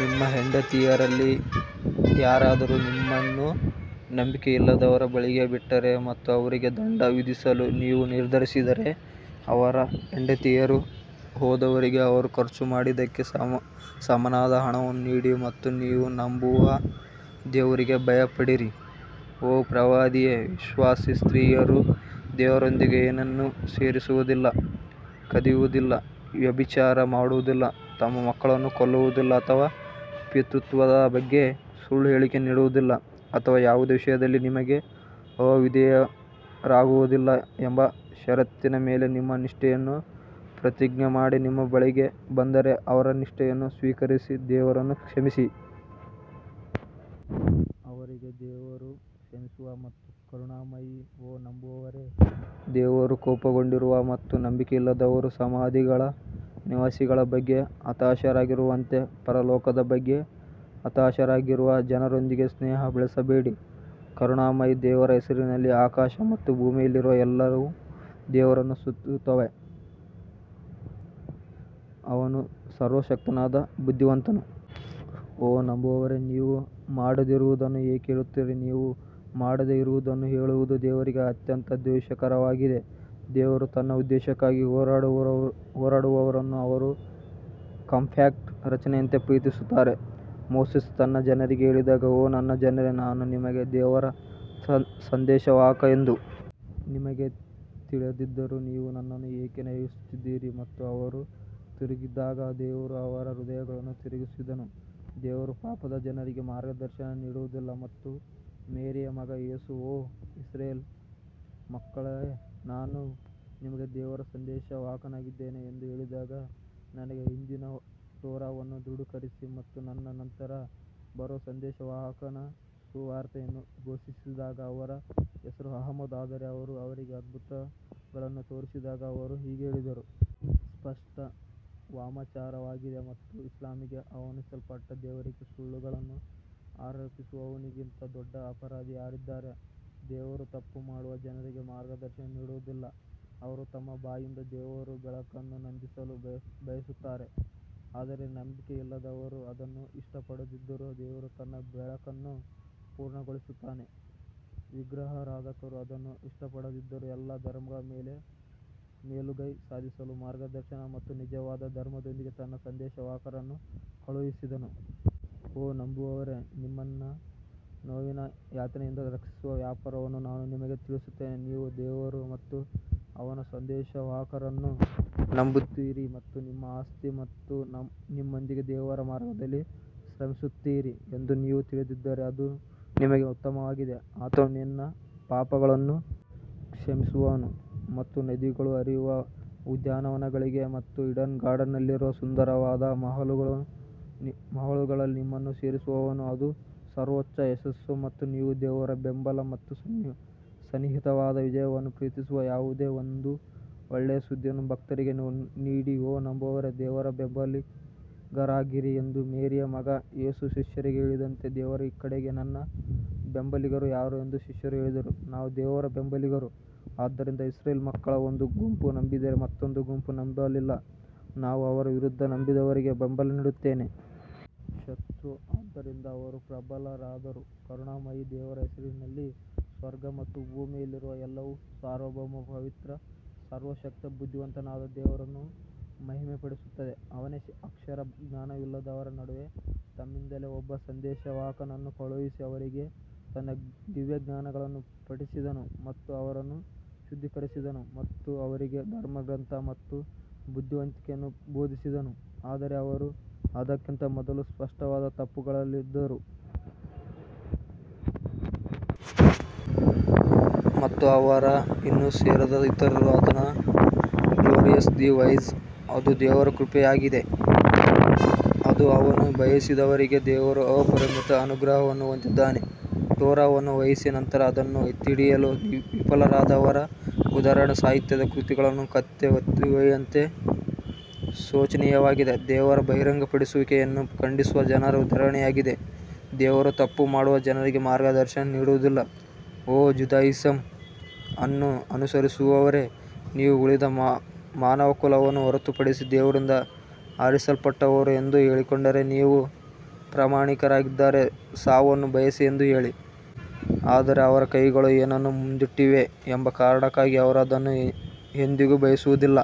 ನಿಮ್ಮ ಹೆಂಡತಿಯರಲ್ಲಿ ಯಾರಾದರೂ ನಿಮ್ಮನ್ನು ನಂಬಿಕೆಯಿಲ್ಲದವರ ಬಳಿಗೆ ಬಿಟ್ಟರೆ ಮತ್ತು ಅವರಿಗೆ ದಂಡ ವಿಧಿಸಲು ನೀವು ನಿರ್ಧರಿಸಿದರೆ ಅವರ ಹೆಂಡತಿಯರು ಹೋದವರಿಗೆ ಅವರು ಖರ್ಚು ಮಾಡಿದ್ದಕ್ಕೆ ಸಮನಾದ ಹಣವನ್ನು ನೀಡಿ ಮತ್ತು ನೀವು ನಂಬುವ ದೇವರಿಗೆ ಭಯಪಡಿರಿ. ಓ ಪ್ರವಾದಿಯೇ, ವಿಶ್ವಾಸಿ ಸ್ತ್ರೀಯರು ದೇವರೊಂದಿಗೆ ಏನನ್ನೂ ಸೇರಿಸುವುದಿಲ್ಲ, ಕದಿಯುವುದಿಲ್ಲ, ವ್ಯಭಿಚಾರ ಮಾಡುವುದಿಲ್ಲ, ತಮ್ಮ ಮಕ್ಕಳನ್ನು ಕೊಲ್ಲುವುದಿಲ್ಲ ಅಥವಾ ಪಿತೃತ್ವದ ಬಗ್ಗೆ ಸುಳ್ಳು ಹೇಳಿಕೆ ನೀಡುವುದಿಲ್ಲ ಅಥವಾ ಯಾವುದೇ ವಿಷಯದಲ್ಲಿ ನಿಮಗೆ ಅವಿಧೇಯರಾಗುವುದಿಲ್ಲ ಎಂಬ ಷರತ್ತಿನ ಮೇಲೆ ನಿಮ್ಮ ನಿಷ್ಠೆಯನ್ನು ಪ್ರತಿಜ್ಞೆ ಮಾಡಿ ನಿಮ್ಮ ಬಳಿಗೆ ಬಂದರೆ ಅವರ ನಿಷ್ಠೆಯನ್ನು ಸ್ವೀಕರಿಸಿ ದೇವರನ್ನು ಕ್ಷಮಿಸಿ. ಅವರಿಗೆ ದೇವರು ಕ್ಷಮಿಸುವ ಮತ್ತು ಕರುಣಾಮಯಿ ಓ ನಂಬುವವರೇ, ದೇವರು ಕೋಪಗೊಂಡಿರುವ ಮತ್ತು ನಂಬಿಕೆಯಿಲ್ಲದವರು ಸಮಾಧಿಗಳ ನಿವಾಸಿಗಳ ಬಗ್ಗೆ ಹತಾಶರಾಗಿರುವಂತೆ ಪರಲೋಕದ ಬಗ್ಗೆ ಹತಾಶರಾಗಿರುವ ಜನರೊಂದಿಗೆ ಸ್ನೇಹ ಬೆಳೆಸಬೇಡಿ. ಕರುಣಾಮಯಿ ದೇವರ ಹೆಸರಿನಲ್ಲಿ ಆಕಾಶ ಮತ್ತು ಭೂಮಿಯಲ್ಲಿರುವ ಎಲ್ಲವೂ ದೇವರನ್ನು ಸ್ತುತಿಸುತ್ತವೆ, ಅವನು ಸರ್ವಶಕ್ತನಾದ ಬುದ್ಧಿವಂತನು ಓ ನಂಬುವವರೇ, ನೀವು ಮಾಡದಿರುವುದನ್ನು ಏಕೆ ಹೇಳುತ್ತೀರಿ ನೀವು ಮಾಡದೇ ಇರುವುದನ್ನು ಹೇಳುವುದು ದೇವರಿಗೆ ಅತ್ಯಂತ ದ್ವೇಷಕರವಾಗಿದೆ ದೇವರು ತನ್ನ ಉದ್ದೇಶಕ್ಕಾಗಿ ಹೋರಾಡುವವರನ್ನು ಅವರು ಕಾಂಪ್ಯಾಕ್ಟ್ ರಚನೆಯಂತೆ ಪ್ರೀತಿಸುತ್ತಾರೆ ಮೋಸೆಸ್ ತನ್ನ ಜನರಿಗೆ ಹೇಳಿದಾಗ ಓ ನನ್ನ ಜನರೇ ನಾನು ನಿಮಗೆ ದೇವರ ಸಂದೇಶವಾಹಕ ಎಂದು ನಿಮಗೆ ತಿಳಿದಿದ್ದರೂ ನೀವು ನನ್ನನ್ನು ಏಕೆ ನೋಯಿಸುತ್ತಿದ್ದೀರಿ ಮತ್ತು ಅವರು ತಿರುಗಿದಾಗ ದೇವರು ಅವರ ಹೃದಯಗಳನ್ನು ತಿರುಗಿಸಿದನು ದೇವರು ಪಾಪದ ಜನರಿಗೆ ಮಾರ್ಗದರ್ಶನ ನೀಡುವುದಿಲ್ಲ ಮತ್ತು ಮೇರಿಯ ಮಗ ಯೇಸು, ಓ ಇಸ್ರಾಯೇಲ್ ಮಕ್ಕಳೇ ನಾನು ನಿಮಗೆ ದೇವರ ಸಂದೇಶವಾಹಕನಾಗಿದ್ದೇನೆ ಎಂದು ಹೇಳಿದಾಗ, ನನಗೆ ಹಿಂದಿನ ಟೋರಾವನ್ನು ದೃಢೀಕರಿಸಿ ಮತ್ತು ನನ್ನ ನಂತರ ಬರುವ ಸಂದೇಶವಾಹಕನ ಸುವಾರ್ತೆಯನ್ನು ಘೋಷಿಸಿದಾಗ ಅವರ ಹೆಸರು ಅಹ್ಮದ್ ಆದರೆ ಅವರು ಅವರಿಗೆ ಅದ್ಭುತಗಳನ್ನು ತೋರಿಸಿದಾಗ ಅವರು ಹೀಗೆ ಹೇಳಿದರು. ಸ್ಪಷ್ಟ ವಾಮಾಚಾರವಾಗಿದೆ ಮತ್ತು ಇಸ್ಲಾಮಿಗೆ ಆಹ್ವಾನಿಸಲ್ಪಟ್ಟಾಗ ದೇವರಿಗೆ ಸುಳ್ಳುಗಳನ್ನು ಆರೋಪಿಸುವವನಿಗಿಂತ ದೊಡ್ಡ ಅಪರಾಧಿ ಯಾರಿದ್ದಾರೆ, ದೇವರು ತಪ್ಪು ಮಾಡುವ ಜನರಿಗೆ ಮಾರ್ಗದರ್ಶನ ನೀಡುವುದಿಲ್ಲ ಅವರು ತಮ್ಮ ಬಾಯಿಯಿಂದ ದೇವರ ಬೆಳಕನ್ನು ನಂದಿಸಲು ಬಯಸುತ್ತಾರೆ ಆದರೆ ನಂಬಿಕೆಯಿಲ್ಲದವರು ಅದನ್ನು ಇಷ್ಟಪಡದಿದ್ದರೂ ದೇವರು ತನ್ನ ಬೆಳಕನ್ನು ಪೂರ್ಣಗೊಳಿಸುತ್ತಾನೆ ವಿಗ್ರಹಾರಾಧಕರು ಅದನ್ನು ಇಷ್ಟಪಡದಿದ್ದರೂ ಎಲ್ಲಾ ಧರ್ಮಗಳ ಮೇಲೆ ಮೇಲುಗೈ ಸಾಧಿಸಲು ಮಾರ್ಗದರ್ಶನ ಮತ್ತು ನಿಜವಾದ ಧರ್ಮದೊಂದಿಗೆ ತನ್ನ ಸಂದೇಶವಾಹಕರನ್ನು ಕಳುಹಿಸಿದನು. ಓ ನಂಬುವವರೇ, ನಿಮ್ಮನ್ನು ನೋವಿನ ಯಾತನೆಯಿಂದ ರಕ್ಷಿಸುವ ವ್ಯಾಪಾರವನ್ನು ನಾನು ನಿಮಗೆ ತಿಳಿಸುತ್ತೇನೆ ನೀವು ದೇವರು ಮತ್ತು ಅವನ ಸಂದೇಶವಾಹಕರನ್ನು ನಂಬುತ್ತೀರಿ ಮತ್ತು ನಿಮ್ಮ ಆಸ್ತಿ ಮತ್ತು ನಿಮ್ಮೊಂದಿಗೆ ದೇವರ ಮಾರ್ಗದಲ್ಲಿ ಶ್ರಮಿಸುತ್ತೀರಿ ಎಂದು ನೀವು ತಿಳಿದಿದ್ದರೆ ಅದು ನಿಮಗೆ ಉತ್ತಮವಾಗಿದೆ. ಆತನು ನಿನ್ನ ಪಾಪಗಳನ್ನು ಕ್ಷಮಿಸುವನು ಮತ್ತು ನದಿಗಳು ಹರಿಯುವ ಉದ್ಯಾನವನಗಳಿಗೆ ಮತ್ತು ಈಡನ್ ಗಾರ್ಡನ್ಸ್ನಲ್ಲಿರುವ ಸುಂದರವಾದ ಮಹಲುಗಳಲ್ಲಿ ನಿಮ್ಮನ್ನು ಸೇರಿಸುವನು ಅದು ಸರ್ವೋಚ್ಚ ಯಶಸ್ಸು ಮತ್ತು ನೀವು ದೇವರ ಬೆಂಬಲ ಮತ್ತು ಸನ್ನಿಹಿತವಾದ ವಿಜಯವನ್ನು ಪ್ರೀತಿಸುವ ಯಾವುದೋ ಒಂದು ಒಳ್ಳೆಯ ಸುದ್ದಿಯನ್ನು ಭಕ್ತರಿಗೆ ನೀಡಿ ಓ ನಂಬುವವರೇ ದೇವರ ಬೆಂಬಲಿಗರಾಗಿರಿ ಎಂದು ಮೇರಿಯ ಮಗ ಯೇಸು ಶಿಷ್ಯರಿಗೆ ಹೇಳಿದಂತೆ ದೇವರ ಕಡೆಗೆ ನನ್ನ ಬೆಂಬಲಿಗರು ಯಾರು ಎಂದು ಶಿಷ್ಯರು ಹೇಳಿದರು ನಾವು ದೇವರ ಬೆಂಬಲಿಗರು ಆದ್ದರಿಂದ ಇಸ್ರೇಲ್ ಮಕ್ಕಳ ಒಂದು ಗುಂಪು ನಂಬಿದರೆ ಮತ್ತೊಂದು ಗುಂಪು ನಂಬಲಿಲ್ಲ ನಾವು ಅವರ ವಿರುದ್ಧ ನಂಬಿದವರಿಗೆ ಬೆಂಬಲ ನೀಡಿದ್ದೇವೆ. ಶತ್ರು ಆದ್ದರಿಂದ ಅವರು ಪ್ರಬಲರಾದರು ಕರುಣಾಮಯಿ ದೇವರ ಹೆಸರಿನಲ್ಲಿ ಸ್ವರ್ಗ ಮತ್ತು ಭೂಮಿಯಲ್ಲಿರುವ ಎಲ್ಲವೂ ಸಾರ್ವಭೌಮ, ಪವಿತ್ರ ಸರ್ವಶಕ್ತ ಬುದ್ಧಿವಂತನಾದ ದೇವರನ್ನು ಮಹಿಮೆಪಡಿಸುತ್ತದೆ ಅವನೇ ಅಕ್ಷರ ಜ್ಞಾನವಿಲ್ಲದವರ ನಡುವೆ ತಮ್ಮಿಂದಲೇ ಒಬ್ಬ ಸಂದೇಶವಾಹಕನನ್ನು ಕಳುಹಿಸಿ, ಅವರಿಗೆ ತನ್ನ ದಿವ್ಯಜ್ಞಾನಗಳನ್ನು ಪಠಿಸಿದನು ಮತ್ತು ಅವರನ್ನು ಶುದ್ಧೀಕರಿಸಿದನು ಮತ್ತು ಅವರಿಗೆ ಧರ್ಮಗ್ರಂಥ ಮತ್ತು ಬುದ್ಧಿವಂತಿಕೆಯನ್ನು ಬೋಧಿಸಿದನು, ಆದರೆ ಅವರು ಅದಕ್ಕಿಂತ ಮೊದಲು ಸ್ಪಷ್ಟವಾದ ತಪ್ಪುಗಳಲ್ಲಿದ್ದರು. ಮತ್ತು ಅವರಲ್ಲಿ ಇನ್ನೂ ಸೇರದ ಇತರರು ಆತನು ಗ್ಲೋರಿಯಸ್ ದಿ ವೈಸ್ ಅದು ದೇವರ ಕೃಪೆಯಾಗಿದೆ, ಅದು ಅವನು ಬಯಸಿದವರಿಗೆ ದೇವರು ಅಪರಿಮಿತ ಅನುಗ್ರಹವನ್ನು ಹೊಂದಿದ್ದಾನೆ ಟೋರಾವನ್ನು ವಹಿಸಿ ನಂತರ ಅದನ್ನು ಎತ್ತಿಹಿಡಿಯಲು ವಿಫಲರಾದವರ ಉದಾಹರಣೆ ಸಾಹಿತ್ಯದ ಕೃತಿಗಳನ್ನು ಕತ್ತೆ ಹೊತ್ತೊಯ್ಯುವಂತಿದೆ ಶೋಚನೀಯವಾಗಿದೆ ದೇವರ ಬಹಿರಂಗಪಡಿಸುವಿಕೆಯನ್ನು ಖಂಡಿಸುವ ಜನರ ಉದಾಹರಣೆಯಾಗಿದೆ ದೇವರು ತಪ್ಪು ಮಾಡುವ ಜನರಿಗೆ ಮಾರ್ಗದರ್ಶನ ನೀಡುವುದಿಲ್ಲ ಓ ಜುದಾಯಿಸಂ ಅನ್ನು ಅನುಸರಿಸುವವರೇ, ನೀವು ಉಳಿದ ಮಾನವಕುಲವನ್ನು ಹೊರತುಪಡಿಸಿ ದೇವರಿಂದ ಆರಿಸಲ್ಪಟ್ಟವರು ಎಂದು ಹೇಳಿಕೊಂಡರೆ, ನೀವು ಪ್ರಾಮಾಣಿಕರಾಗಿದ್ದರೆ ಸಾವನ್ನು ಬಯಸಿ ಎಂದು ಹೇಳಿ. ಆದರೆ ಅವರ ಕೈಗಳು ಏನನ್ನು ಮುಂದಿಟ್ಟಿವೆ ಎಂಬ ಕಾರಣಕ್ಕಾಗಿ ಅವರು ಅದನ್ನು ಎಂದಿಗೂ ಬಯಸುವುದಿಲ್ಲ.